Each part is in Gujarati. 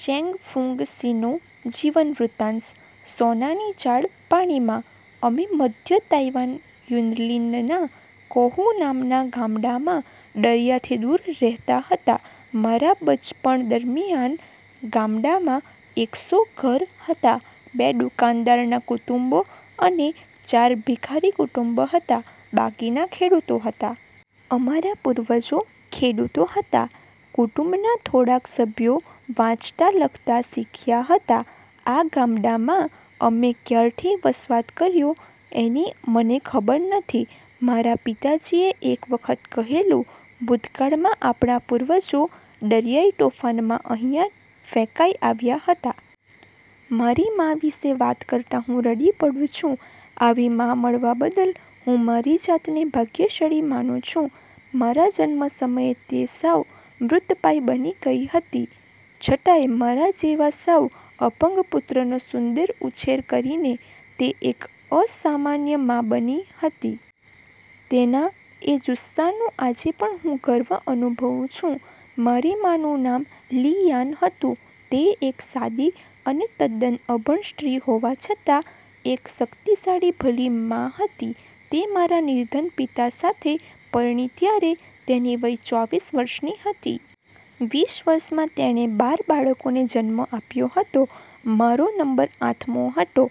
ચેંગ-ફુંગ-સીનો જીવનવૃતાંત: સોનાની જાળ પાણીમાં: અમે મધ્ય તાઈવાન યુનલીનનાં કૌહુ નામના ગામડામાં દરિયાથી દૂર રહેતા હતાં. મારા બચપણ દરમિયાન ગામડામાં એકસો ઘર હતાં. બે દુકાનદારનાં કુટુંબો અને ચાર ભિખારી કુટુંબો હતાં. બાકીના ખેડૂતો હતા. અમારા પૂર્વજો ખેડૂતો હતા. કુટુંબના થોડાક સભ્યો વાંચતા લખતા શીખ્યા હતા. આ ગામડામાં અમે કયારથી વસવાટ કર્યોં એની મને ખબર નથી. મારા પિતાજીએ એક વખત કહેલું, ''ભૂતકાળમાં આપણા પૂર્વંજો દરિયાઇ તોફાનમાં અહિંયા ફેંકાઇ આવ્યા હતા.'' મારી માં વિષે વાત કરતા હું રડી પડું છું. આવી માં મળવા બદલ હું મારી જાતને ભાગ્યશાળી માનું છું. મારા જન્મ સમયે તે સાવ મૃતપાય બની ગઈ હતી, પણ છતાંય મારા જેવા સાવ અપંગ પુત્રનો સુંદર ઉછેર કરીને તે એક અસામાન્ય માં બની હતી. તેના એ જુસ્સાનો આજે પણ હું ગર્વ અનુભવું છું. મારી માં નું નામ લી યાન હતું. તે એક સાદી અને તદ્દન અભણ સ્ટ્રી હોવા છતાં એક શક્તિશાળી ભલી માં હતી. તે મારા નિર્ધન પિતા સાથે પરણી ત્યારે તેની વય ચોવીસ વર્ષની હતી. વીસ વર્ષંમાં તેણે બાર બાળકોને જન્મ આપ્યો હતો. મારો નંબર આઠમો હતો.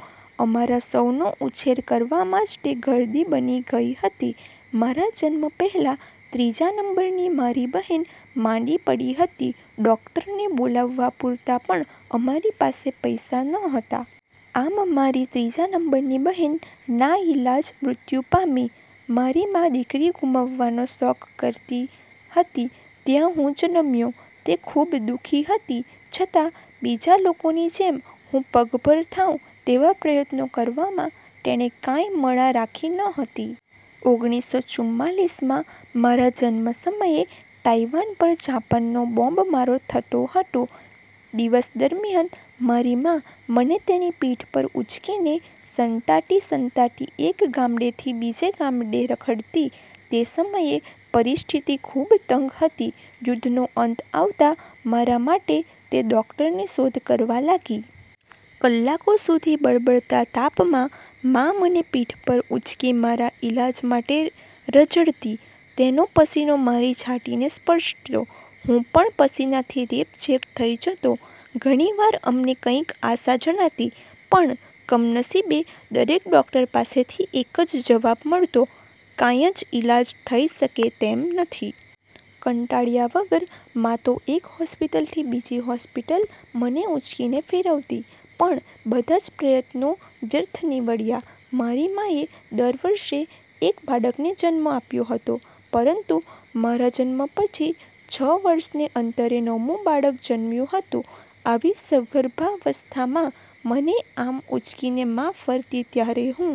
અમારા સૌનો ઉછેર કરવામાં જ ટે ઘરડી બની ગઈ હતી. મારા જન્મ પહેલાં ત્રીજા નંબરની મારી બહેન માંદી પડી હતી. ડૉક્ટરને બોલાવવા પૂરતા પણ અમારી પાસે પૈસા ન હતા. આમ અમારી ત્રીજા નંબરની બહેન નાઈલાજ મૃત્યુ પામી. મારી માં દીકરી ગુમાવ્યાનો શોક કરતી હતી ત્યાં હું જન્મ્યો. તે ખૂબ દુઃખી હતી, છતાં બીજા લોકોની જેમ હું પગભર થાઉં તેવા પ્રયત્નો કરવામાં તેણે કાંઈ મણા રાખી ન હતી. ઓગણીસો ચુમ્માંલીસમા મારા જન્મ સમયે ટાઈવાન પર જાપાનનો બોમ્બમારો થતો હતો. દિવસ દરમિયાન મારી માં મને તેની પીઠ પર ઊંચકીને સંટાતી-સંટાતી એક ગામડેથી બીજે ગામડે રખડતી. તે સમયે પરિસ્થિતિ ખૂબ તંગ હતી. યુદ્ધનો અંત આવતાં મારા માટે તે ડૉક્ટરની શોધ કરવા લાગી. કલાકો સુધી બળબળતા તાપમા માં મને પીઠ પર ઊંચકી મારા ઇલાજ માટે રઝળતી. તેનો પસીનો મારી છાતીને સ્પર્શતો. હું પણ પસીનાથી રેબઝેબ થઇ જતો. ઘણીવાર અમને કાંઈક આશા જણાતી, પણ, કમનસીબે દરેક ડૉક્ટર પાસેથી એકજ જવાબ મળતો, ''કાંઈજ ઇલાજ થઈ શકે તેમ નથી.'' કંટાળ્યા વગર મા તો એક હૉસ્પિટલથી બીજી હૉસ્પિટલ મને ઊંચકીને ફેરવતી, પણ બધાજ પ્રયત્નો વ્યર્થ નિવડ્યા. મારી માએ દર વર્ષે એક બાળકને જન્મ આપ્યો હતો. પરંતુ મારા જન્મ પછી છ વર્ષને અંતરે નવમું બાળક જન્મ્યું હતું. આવી સગર્ભાવસ્થામાં મને આમ ઊંચકીને મા ફરતી ત્યારે હું